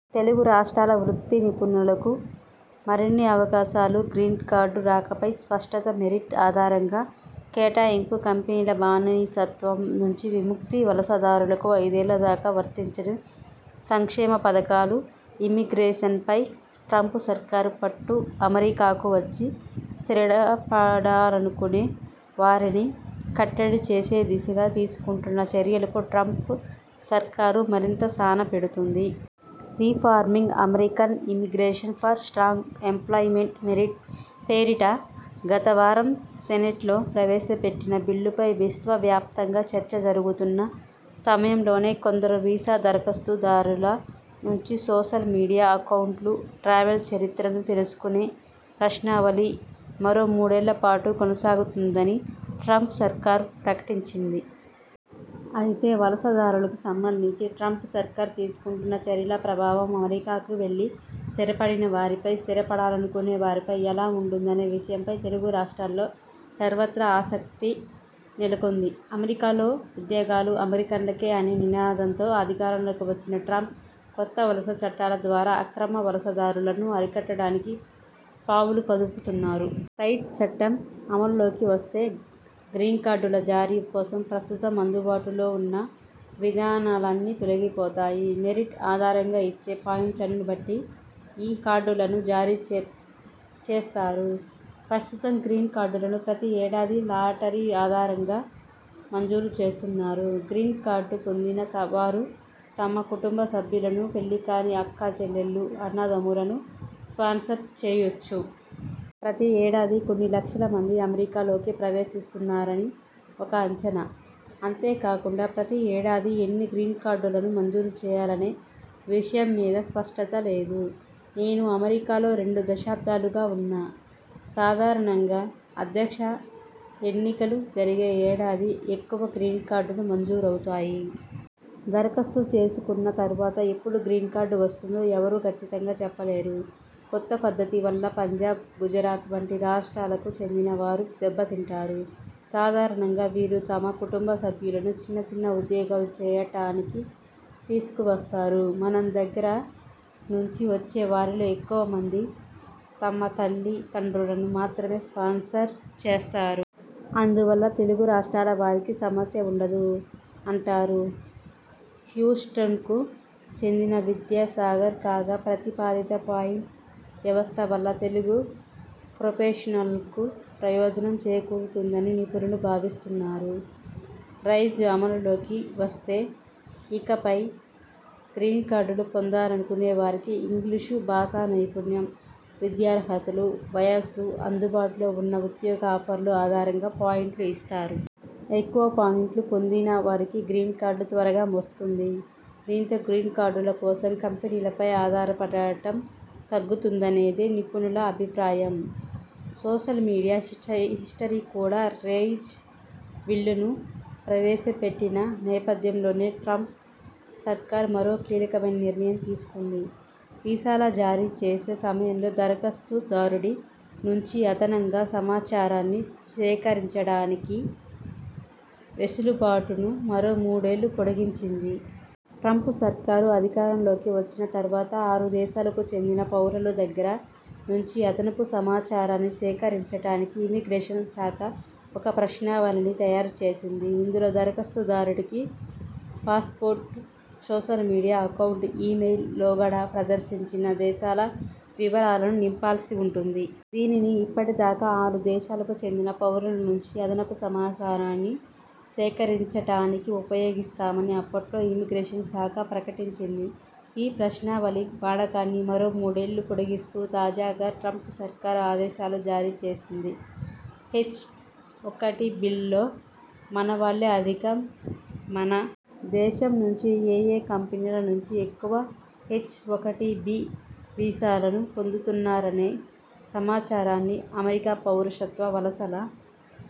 తెలుగు రాష్ట్రాల వృత్తి నిపుణులకు మరిన్ని అవకాశాలు గ్రీన్కార్డు రాకపై స్పష్టత మెరిట్ ఆధారంగా కేటాయింపు కంపెనీల బానిసత్వం నుంచి విముక్తి వలసదారులకు ఐదేళ్ల దాకా వర్తించని సంక్షేమ పథకాలు ఇమిగ్రేషన్పై ట్రంప్ సర్కారు పట్టు అమెరికాకు వచ్చి స్థిరపడాలనుకొనే వారిని కట్టడి చేసే దిశగా తీసుకుంటున్న చర్యలకు ట్రంప్ సర్కారు మరింత సాన పెడుతోంది. Reforming American immigration for strong employment పేరిట గత వారం సెనేట్లో ప్రవేశపెట్టిన బిల్లుపై విశ్వవ్యాప్తంగా చర్చ జరుగుతున్న సమయంలోనే కొందరు వీసా దరఖాస్తుదారుల నుంచి సోషల్ మీడియా అకౌంట్లు, ట్రావెల్ చరిత్రను తెలుసుకొనే ప్రశ్నావళి మరో మూడేళ్ల పాటు కొనసాగుతుందని ట్రంప్ సర్కారు ప్రకటించింది. అయితే, వలస దారులకు సంబంధించి ట్రంప్ సర్కారు తీసుకుంటున్న చర్యల ప్రభావం అమెరికాకు వెళ్లి స్థిర పడిన వారిపై, స్థిరపడాలనుకొనే వారిపై ఎలా ఉంటుందనే విషయంపై తెలుగు రాష్ట్రాల్లో సర్వత్రా ఆసక్తి నెలకొంది. అమెరికాలో ఉద్యోగాలు అమెరికన్లకే అనే నినాదంతో అధికారంలోకి వచ్చిన ట్రంప్ కొత్త వలస చట్టాల ద్వారా అక్రమ వలసదారులను అరికట్టడానికి పావులు కదుపుతున్నారు. రైజ్ చట్టం అమలులోకి వస్తే గ్రీన్కార్డుల జారీ కోసం ప్రస్తుతం అందుబాటులో ఉన్న విధానాలన్నీ తొలగిపోతాయి. మెరిట్ ఆధారంగా ఇచ్చే పాయింట్లను బట్టి ఈ కార్డులను జారీ చేస్తారు. ప్రస్తుతం గ్రీన్కార్డులను ప్రతి ఏడాది లాటరీ ఆధారంగా మంజూరు చేస్తున్నారు. గ్రీన్కార్డు పొందిన వారు తమ కుటుంబ సభ్యులను, పెళ్లి కాని అక్కా చెల్లెళ్లు, అన్నదమ్ములను స్పాన్సర్ చేయొచ్చు. ఇలా ప్రతి ఏడాది కొన్ని లక్షల మంది అమెరికాలోకి ప్రవేశిస్తున్నారని ఒక అంచనా. అంతే కాకుండా ప్రతి ఏడాది ఎన్ని గ్రీన్కార్డులను మంజూరు చేయాలనే విషయమ్మీద స్పష్టత లేదు. నేను అమెరికాలో రెండు దశాబ్దాలుగా ఉన్నా. సాధారణంగా అధ్యక్ష ఎన్నికలు జరిగే ఏడాది ఎక్కువ గ్రీన్కార్డులు మంజూరవుతాయి. దరఖాస్తు చేసుకున్న తర్వాత ఎప్పుడు గ్రీన్కార్డు వస్తుందో ఎవరూ కచ్చితంగా చెప్పలేరు. కొత్త పద్ధతి వల్ల పంజాబ్, గుజరాత్ వంటి రాష్ట్రాలకు చెందిన వారు దెబ్బతింటారు. సాధారణంగా వీరు తమ కుటుంబ సభ్యులను చిన్నచిన్న ఉద్యోగాలు చేయటానికి తీసుకు వస్తారు. మన దగ్గర నుంచి వచ్చే వారిలో ఎక్కువ మంది తమ తల్లి దండ్రులను మాత్రమే స్పాన్సర్ చేస్తారు. అందు వల్ల తెలుగు రాష్ట్రాల వారికి సమస్య ఉండదు అంటారు హ్యూస్టన్కు చెందిన విద్యాసాగర్. కాగా, ప్రతిపాదిత పాయింట్ వ్యవస్థ వల్ల తెలుగు ప్రొఫెషనల్స్కు ప్రయోజనం చేకూరుతుందని నిపుణులు భావిస్తున్నారు. రైజ్ అమలు లోకి వస్తే ఇకపై గ్రీన్కార్డులు పొందాలనుకొనేవారికి ఇంగ్లిషు భాషానైపుణ్యం, విద్యార్హతలు, వయస్సు, అందుబాటులో ఉన్న ఉద్యోగ ఆఫర్ల ఆధారంగా పాయింట్లు ఇస్తారు. ఎక్కువ పాయింట్లు పొందిన వారికి గ్రీన్కార్డు త్వరగా వస్తుంది. దీంతో గ్రీన్కార్డుల కోసం కంపెనీలపై ఆధారపడటం తగ్గుతుందనేది నిపుణుల అభిప్రాయం. సోషల్ మీడియా హిస్టరీ కూడా, రైజ్ బిల్లును ప్రవేశ పెట్టిన నేపథ్యంలోనే ట్రంప్ సర్కారు మరో కీలకమైన నిర్ణయం తీసుకుంది. వీసాల జారీ చేసే సమయంలో దరఖాస్తు దారుడి నుంచి అదనంగా సమాచారాన్ని సేకరించటానికి వెసులు బాటును మరో మూడేళ్లు పొడిగించింది. ట్రంప్ సర్కారు అధికారం లోకి వచ్చిన తర్వాత ఆరు దేశాలకు చెందిన పౌరుల దగ్గర నుంచి అదనపు సమాచారాన్ని సేకరించటానికి ఇమిగ్రేషన్ శాఖ ఒక ప్రశ్నావళిని తయారు చేసింది. ఇందులో దరఖాస్తు దారుడికి passport, social media account, email, లోగడ సందర్శించిన దేశాల వివరాలను నింపాల్సి ఉంటుంది. దీనిని ఇప్పటి దాకా ఆ ఆరు దేశాలకు చెందిన పౌరుల నుంచి అదనపు సమాచారాన్ని సేకరించటానికి ఉపయోగిస్తామని అప్పట్లో ఇమిగ్రేషన్ శాఖ ప్రకటించింది. ఈ ప్రశ్నావళి వాడకాన్ని మరో మూడేళ్లు పొడిగిస్తూ తాజాగా ట్రంప్ సర్కారు ఆదేశాలు జారీ చేసింది. హెచ్ఒకటిబీల్లో మనవాళ్లే అధికం మన దేశం నుంచి ఏయే కంపెనీల నుంచి ఎక్కువ హెచ్ఒకటిబీ వీసాలను పొందుతున్నారనే సమాచారాన్ని అమెరికా పౌరసత్వ వలసల